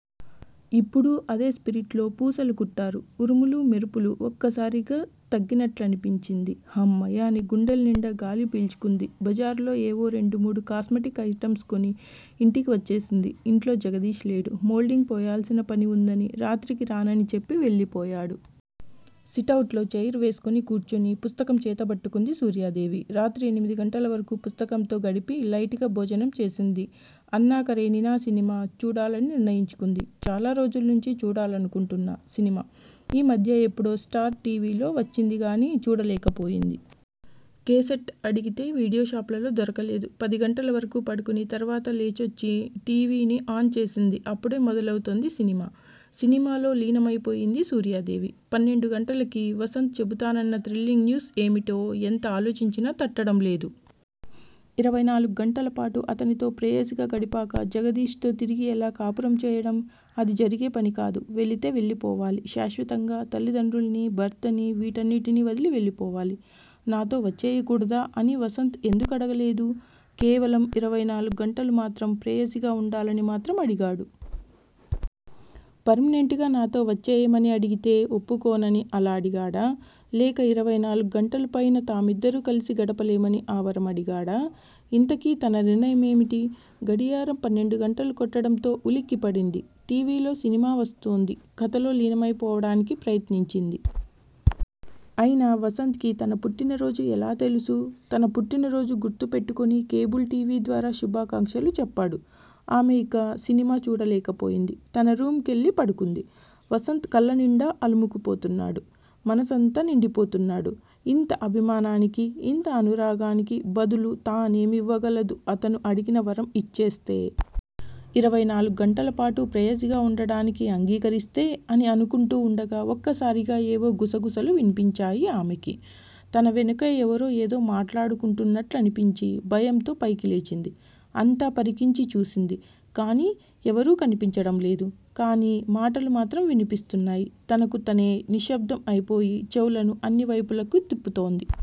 ఇప్పుడూ అదే స్పిరిట్ లో పూసలు కుట్టారు. ఉరుములు, మెరుపులు ఒక్కసారిగా తగ్గినట్లనిపించింది. హమ్మయ్య అని గుండెల్నిండా గాలి పీల్చుకుంది. బజారులో ఏవో రెండు మూడు కాస్మటిక్ ఐటమ్స్ కొని ఇంటికి వచ్చేసింది. ఇంట్లో జగదీష్ లేడు. మోల్దింగ్ పోయాల్సిన పని వుందని రాత్రికి రానని చెప్పి వెళ్ళిపోయాడు. సిటవుట్ లో చైర్ వేసుకుని కూర్చుని, పుస్తకం చేతబట్టుకుంది సూర్యాదేవి. రాత్రి ఎనిమిది గంటల వరకు పుస్తకంతో గడిపి లైట్ గా భోజనం చేసింది. అన్నాకరేనినా సినిమా చూడాలని నిర్ణయించుకుంది. చాలా రోజుల్నుంచి చూడాలనుకుంటున్న సినిమా ఈ మధ్య ఎప్పుడో స్టార్ టీ. వీ. లో వచ్చిందిగానీ చూడలేకపోయింది. కేసెట్ అడిగితే వీడియో షాప్ లలో దొరకలేదు. పదిగంటల వరకు పడుకుని, తర్వాత లేచొచ్చి టీ. వీ. ని ఆన్ చేసింది అప్పుడే మొదలౌతుంది సినిమా. సినిమాలో లీనమైపోయింది సూర్యాదేవి. పన్నెండు గంటలకి వసంత్ చెబుతానన్న థ్రిల్లింగ్ న్యూస్ ఏమిటో ఎంత ఆలోచించినా తట్టడం లేదు. ఇరవై నాలుగు గంటలపాటు అతనితో ప్రేయసిగా గడిపాక జగదీష్ తో తిరిగి ఎలా కాపురం చేయడం? అది జరిగే పనికాదు. వెళితే వెళ్ళిపోవాలి- శాశ్వతంగా తల్లిదండ్రుల్ని, భర్తనీ, వీటినన్నిటినీ వదిలి వెళ్ళిపోవాలి. నాతో వచ్చేయకూడదా అని వసంత్ ఎందుకడగలేదు. కేవలం ఇరవై నాలుగు గంటలు మాత్రం ప్రేయసిగా వుండాలని మాత్రం అడిగాడు. పర్మినెంట్ గా నాతో వచ్చేయమని అడిగితే- ఒప్పుకోనని అలా అడిగాడా? లేక ఇరవై నాలుగు గంటలు పైన తామిద్దరూ కలిసి గడపలేమని ఆ వరం అడిగాడా? ఇంతకీ తన నిర్ణయం ఏమిటి? గడియారం పన్నెండు గంటలు కొట్టడంతో ఉలిక్కిపడింది. టీవీలో సినిమా వస్తోంది. కథలో లీనమై పోవడానికి ప్రయత్నించింది. అయినా వసంత్ కి తన పుట్టినరోజు ఎలా తెలుసు? తన పుట్టినరోజు గుర్తు పెట్టుకుని, కేబుల్ టీ. వీ ద్వారా శుభాకాంక్షాలు చెప్పాడు. ఆమె ఇక సినిమా చూడలేకపోయింది. తన రూమ్ కెళ్ళి పడుకుంది. వసంత్ కళ్ళనిండా అలుముకుపోతున్నాడు. మనసంతా నిండిపోతున్నాడు. ఇంత అభిమానానికి, ఇంత అనురాగానికి బదులు తానేమివ్వగలదు అతను అడిగిన వరం ఇచ్చేస్తే? ఇరవై నాలుగు గంటలపాటు ప్రేయసిగా వుండడానికి అంగీకరిస్తే అని అనుకుంటూ వుండగా ఒక్కసారిగా ఏవో గుసగుసలు విన్పించాయి ఆమెకి. తన వెనకే ఎవరో ఏదో మాట్లాడుకుంటున్నట్లనిపించి, భయంతో పైకి లేచింది. అంతా పరికించి చూసింది కానీ ఎవరూ కనిపించడంలేదు. కానీ మాటలు మాత్రం వినిపిస్తున్నాయి. తనకు తనే నిశ్శబ్దం అయిపోయి చెవులను అన్నివైపులకు తిప్పుతోంది.